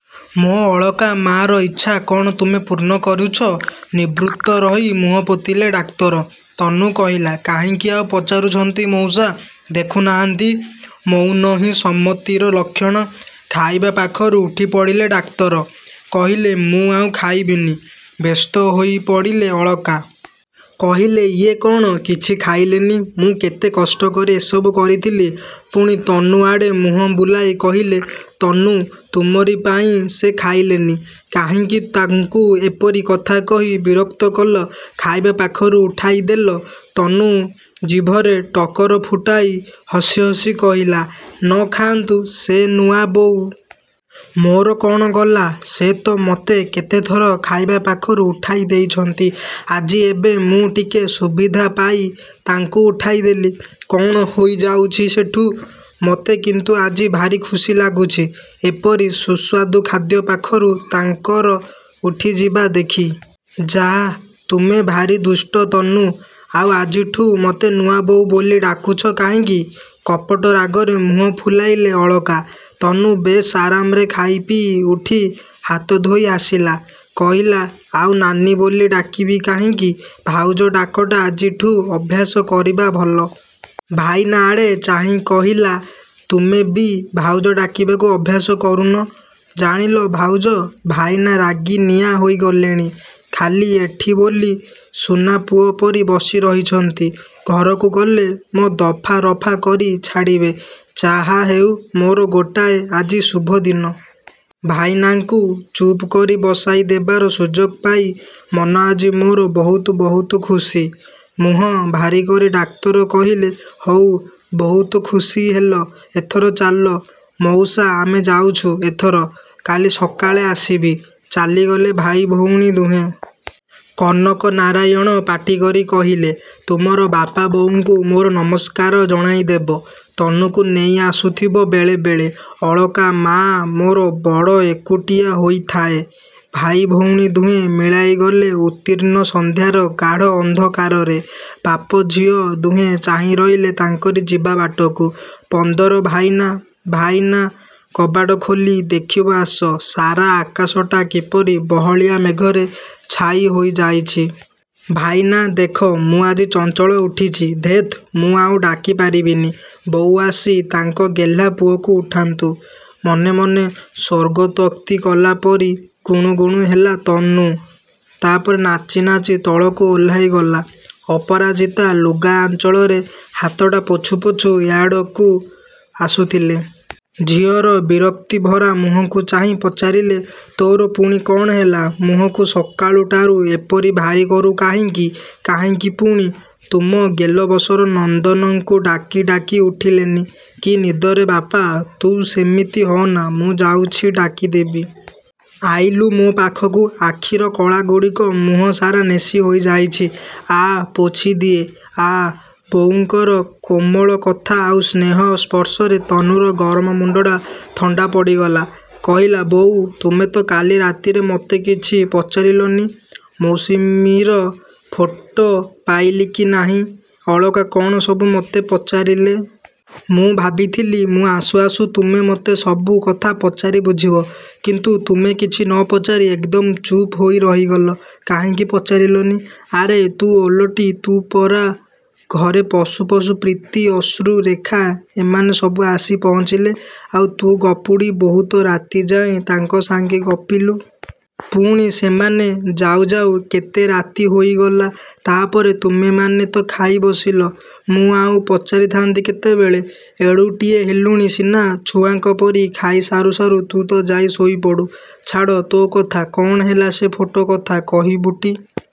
ମୋ ଅଳକା ମାର ଇଚ୍ଛା କ'ଣ ତୁମେ ପୂର୍ଣ୍ଣ କରୁଛ? ନିବୃତ୍ତ ରହି ମୁହଁପୋତିଲେ ଡାକ୍ତର। ତନୁ କହିଲା, କାହିଁକି ଆଉ ପଚାରୁଛନ୍ତି ମଉସା! ଦେଖୁନାହାନ୍ତି ମୌନହିଁ ସମ୍ମତିର ଲକ୍ଷଣ। ଖାଇବା ପାଖରୁ ଉଠିପଡ଼ିଲେ ଡାକ୍ତର। କହିଲେ, ମୁଁ ଆଉ ଖାଇବିନି। ବ୍ୟସ୍ତ ହୋଇପଡ଼ିଲେ ଅଳକା। କହିଲେ, ଇଏ କ'ଣ! କିଛି ଖାଇଲେନି? ମୁଁ କେତେ କଷ୍ଟକରି ଏ ସବୁ କରିଥିଲି। ପୁଣି ତନୁଆଡ଼େ ମୁହଁବୁଲାଇ କହିଲେ, ତନୁ, ତୁମରି ପାଇଁ ସେ ଖାଇଲେନି। କାହିଁକି ତାଙ୍କୁ ଏପରି କଥା କହି ବିରକ୍ତ କଲ, ଖାଇବା ପାଖରୁ ଉଠାଇଦେଲ? ତନୁ ଜିଭରେ ଟକର ଫୁଟାଇ ହସି ହସି କହିଲା, ନ ଖାଆନ୍ତୁ ସେ, ନୂଆବୋଉ। ମୋର କ'ଣ ଗଲା! ସେ ତ ମୋତେ କେତେଥର ଖାଇବା ପାଖରୁ ଉଠାଇଦେଇଛନ୍ତି। ଆଜି ଏବେ ମୁଁ ଟିକେ ସୁବିଧା ପାଇ ତାଙ୍କୁ ଉଠାଇଦେଲି, କ'ଣ ହୋଇଯାଉଛି ସେଠୁ? ମୋତେ କିନ୍ତୁ ଆଜି ଭାରି ଖୁସି ଲାଗୁଛି ଏପରି ସୁସ୍ୱାଦୁ ଖାଦ୍ୟ ପାଖରୁ ତାଙ୍କର ଉଠିଯିବା ଦେଖି। ଯାଃ, ତୁମେ ଭାରି ଦୁଷ୍ଟ, ତନୁ। ଆଉ ଆଜିଠୁ ମୋତେ ନୂଆବୋଉ ବୋଲି ଡାକୁଛ କାହିଁକି? କପଟ ରାଗରେ ମୁହଁ ଫୁଲାଇଲେ ଅଳକା। ତନୁ ବେଶ୍ ଆରାମରେ ଖାଇପିଇ ଉଠି ହାତଧୋଇ ଆସିଲା। କହିଲା, ଆଉ ନାନୀ ବୋଲି ଡାକିବି କାହିଁକି? ଭାଉଜ ଡାକଟା ଆଜିଠୁ ଅଭ୍ୟାସ କରିବା ଭଲ। ଭାଇନା ଆଡ଼େ ଚାହିଁ କହିଲା, ତୁମେ ବି ଭାଉଜ ଡାକିବାକୁ ଅଭ୍ୟାସ କରୁନ। ଜାଣିଲ ଭାଉଜ, ଭାଇନା ରାଗି ନିଆଁ ହୋଇଗଲେଣି। ଖାଲି ଏଠି ବୋଲି ସୁନାପୁଅ ପରି ବସି ରହିଛନ୍ତି। ଘରକୁ ଗଲେ ମୋ ଦଫା ରଫା କରି ଛାଡ଼ିବେ। ଯାହାହେଉ, ମୋର ଗୋଟାଏ ଆଜି ଶୁଭଦିନ। ଭାଇନାଙ୍କୁ ଚୁପ୍ କରି ବସାଇ ଦେବାର ସୁଯୋଗ ପାଇ ମନ ଆଜି ମୋର ବହୁତ ବହୁତ ଖୁସି। ମୁହଁ ଭାରିକରି ଡାକ୍ତର କହିଲେ, ହଉ, ବହୁତ ଖୁସି ହେଲ। ଏଥର ଚାଲ। ମଉସା, ଆମେ ଯାଉଛୁ ଏଥର। କାଲି ସକାଳେ ଆସିବି। ଚାଲିଗଲେ ଭାଇ-ଭଉଣୀ ଦୁହେଁ। କନକନାରାୟଣ ପାଟି କରି କହିଲେ, ତୁମର ବାପା-ବୋଉଙ୍କୁ ମୋର ନମସ୍କାର ଜଣାଇଦେବ। ତନୁକୁ ନେଇଆସୁଥିବ ବେଳେ ବେଳେ। ଅଳକା ମାଆ ମୋର ବଡ଼ ଏକୁଟିଆ ହୋଇଥାଏ। ଭାଇ-ଭଉଣୀ ଦୁହେଁ ମିଳାଇଗଲେ ଉତ୍ତୀର୍ଣ୍ଣ ସନ୍ଧ୍ୟାର ଗାଢ଼ ଅନ୍ଧକାରରେ। ବାପ-ଝିଅ ଦୁହେଁ ଚାହିଁରହିଲେ ତାଙ୍କରି ଯିବାବାଟକୁ। ପନ୍ଦର ଭାଇନା, ଭାଇନା, କବାଟ ଖୋଲି ଦେଖିବ ଆସ, ସାରା ଆକାଶଟା କିପରି ବହଳିଆ ମେଘରେ ଛାଇ ହୋଇଯାଇଛି। ଭାଇନା, ଦେଖ, ମୁଁ ଆଜି ଚଞ୍ଚଳ ଉଠିଛି। ଧେତ୍, ମୁଁ ଆଉ ଡାକି ପାରିବିନି। ବୋଉ ଆସି ତାଙ୍କ ଗେହ୍ଲା ପୁଅକୁ ଉଠାନ୍ତୁ। ମନେ ମନେ ସ୍ୱର୍ଗତୋକ୍ତି କଲା ପରି ଗୁଣୁ ଗୁଣୁ ହେଲା ତନୁ। ତାପରେ ନାଚି ନାଚି ତଳକୁ ଓହ୍ଲାଇଗଲା। ଅପରାଜିତା ଲୁଗା ଆଞ୍ଚଳରେ ହାତଟା ପୋଛୁ ପୋଛୁ ଏଆଡ଼କୁ ଆସୁଥିଲେ। ଝିଅର ବିରକ୍ତି ଭରା ମୁହଁକୁ ଚାହିଁ ପଚାରିଲେ, ତୋର ପୁଣି କ'ଣ ହେଲା? ମୁହଁକୁ ସକାଳୁଟାରୁ ଏପରି ଭାରି କରୁ କାହିଁକି ?କାହିଁକି ପୁଣି! ତୁମ ଗେଲବସର ନନ୍ଦନଙ୍କୁ ଡାକି ଡାକି ଉଠିଲେନି। କି ନିଦରେ ବାପା ତୁ ସେମିତି ହଅନା, ମୁଁ ଯାଉଛି ଡାକିଦେବି। ଆଇଲୁ ମୋ ପାଖକୁ। ଆଖିର କଳାଗୁଡ଼ିକ ମୁହଁ ସାରା ନେସି ହୋଇଯାଇଛି। ଆ, ପୋଛିଦିଏ, ଆ। ବୋଉଙ୍କର କୋମଳ କଥା ଆଉ ସ୍ନେହ ସ୍ପର୍ଶରେ ତନୁର ଗରମ ମୁଣ୍ଡଟା ଥଣ୍ଡା ପଡ଼ିଗଲା। କହିଲା, ବୋଉ, ତୁମେ ତ କାଲି ରାତିରେ ମୋତେ କିଛି ପଚାରିଲନି? ମୌସୁମୀର ଫଟୋ ପାଇଲି କି ନାହିଁ, ଅଳକା କ'ଣ ସବୁ ମୋତେ ପଚାରିଲେ? ମୁଁ ଭାବିଥିଲି ମୁଁ ଆସୁ ଆସୁ ତୁମେ ମୋତେ ସବୁ କଥା ପଚାରି ବୁଝିବ। କିନ୍ତୁ ତୁମେ କିଛି ନ ପଚାରି ଏକଦମ ଚୁପ୍ ହୋଇ ରହିଗଲ। କାହିଁକି ପଚାରିଲନି? ଆରେ ତୁ ଓଲଟି, ତୁ ପରା ଘରେ ପଶୁ ପଶୁ ପ୍ରୀତି, ଅଶ୍ରୁ, ରେଖା ଏମାନେ ସବୁ ଆସି ପହଞ୍ଚିଲେ, ଆଉ ତୁ ଗପୁଡ଼ି ବହୁତ ରାତି ଯାଏଁ ତାଙ୍କ ସାଙ୍ଗେ ଗପିଲୁ। ପୁଣି ସେମାନେ ଯାଉ ଯାଉ କେତେ ରାତି ହୋଇଗଲା। ତାପରେ ତୁମେମାନେ ତ ଖାଇବସିଲ। ମୁଁ ଆଉ ପଚାରିଥାନ୍ତି କେତେବେଳେ? ଏଡ଼ୁଟିଏ ହେଲୁଣି ସିନା, ଛୁଆଙ୍କ ପରି ଖାଇ ସାରୁ ସାରୁ ତୁ ତ ଯାଇ ଶୋଇପଡ଼ୁ। ଛାଡ଼ ତୋ କଥା, କ'ଣ ହେଲା ସେ ଫଟୋ କଥା, କହିବୁଟି?